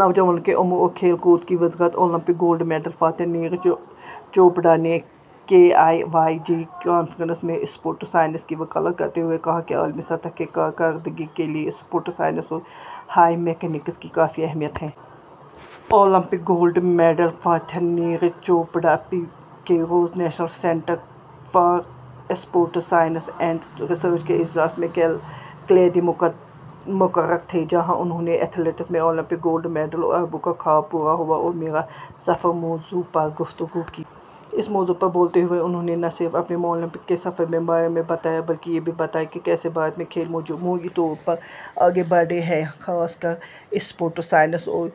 نوجوانوں کے امور اور کھیل کود کی وزارت۔ اولمپک گولڈ میڈل فاتح نیرج چوپڑا نے K I Y G conference میں اسپورٹس سائنس کی وکالت کرتے ہوئے کہا کہ عالمی سطح کی کارکردگی کے لیے اسپورٹس سائنس اور بائیو میکینکس کی کافی اہمیت ہے۔ اولمپک گولڈ میڈل فاتح نیرج چوپڑا پیر کے روز national centre for sports science and research کے اجلاس میں کلیدی مقرر تھے، جہاں انہوں نے ایتھلیٹس میں اولمپک گولڈ میڈل، اربوں کا خواب پورا ہوا اور میرا سفر، موضوع پر گفتگو کی۔ اس موضوع پر بولتے ہوئے انہوں نے نہ صرف اپنے اولمپک کے سفر کے بارے میں بتایا، بلکہ یہ بھی بتایا کہ کیسے بھارت میں کھیل مجموعی طور پر آگے بڑھے ہیں، خاص کر اسپورٹس سائنس اور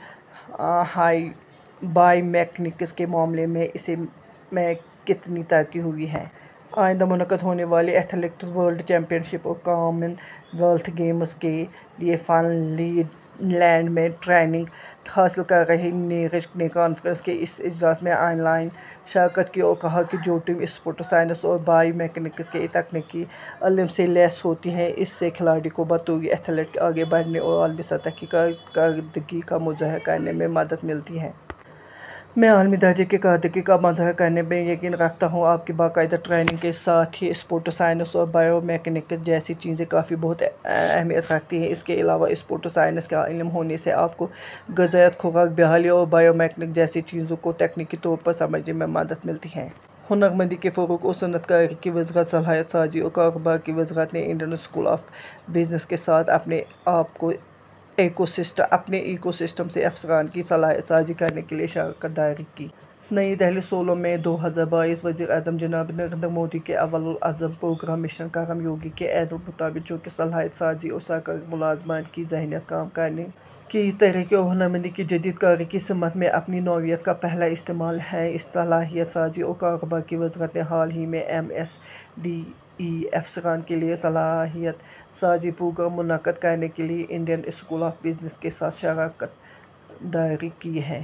بائیو میکینکس کے معاملے میں اس میں کتنی ترقی ہوئی ہے۔ آئندہ منعقد ہونے والی ایتھلیٹکس ورلڈ چیمپئن شپ اور کامن ویلتھ گیمز کے لیے فن لینڈ میں ٹریننگ حاصل کر رہے نیرج نے کانفرنس کے اس اجلاس میں آن لائن شرکت کی اور کہا کہ جو ٹیم اسپورٹس سائنس اور بائیو میکینکس کے تکنیکی علم سے لیس ہوتی ہے، اس سے کھلاڑی کو بطور ایتھلیٹ آگے بڑھنے اور عالمی سطح کی کارکردگی کا مظاہرہ کرنے میں مدد ملتی ہے۔ میں عالمی درجے کی کارکردگی کا مظاہرہ کرنے میں یقین رکھتا ہوں، آپ کی باقاعدہ ٹریننگ کے ساتھ ہی اسپورٹس سائنس اور بائیو میکینکس جیسی چیزیں کافی اہمیت رکھتی ہیں۔ اس کے علاوہ، اسپورٹس سائنس کا علم ہونے سے آپ کو غذائیت، خوراک، بحالی اور بائیو میکینکس جیسی چیزوں کو تکنیکی طور پر سمجھنے میں مدد ملتی ہے۔ ہنرمندی کے فروغ اور صنعت کاری کی وزارت۔ صلاحیت سازی اور کاروبار کی وزارت نے انڈین اسکول آف بزنس کے ساتھ اپنے ایکو سسٹم سے افسران کی صلاحیت سازی کرنے کے لیے شراکت داری کی۔ نئی دہلی، سولہ مئی دو ہزار بائیس۔ وزیر اعظم جناب نریندر مودی کے اول العزم پروگرام مشن کرم یوگی کے عین مطابق، جو کہ صلاحیت سازی اور سرکاری ملازمین کی ذہنیت، کام کرنے کے طریقے اور ہنرمندی کی جدید کاری کی سمت میں اپنی نوعیت کا پہلا استعمال ہے، صلاحیت سازی اور کاروبار کی وزارت نے حال ہی میں ایم ایس ڈی ای افسران کے لیے صلاحیت سازی پروگرام منعقد کرنے کے لیے انڈین اسکول آف بزنس کے ساتھ شراکت داری کی ہے۔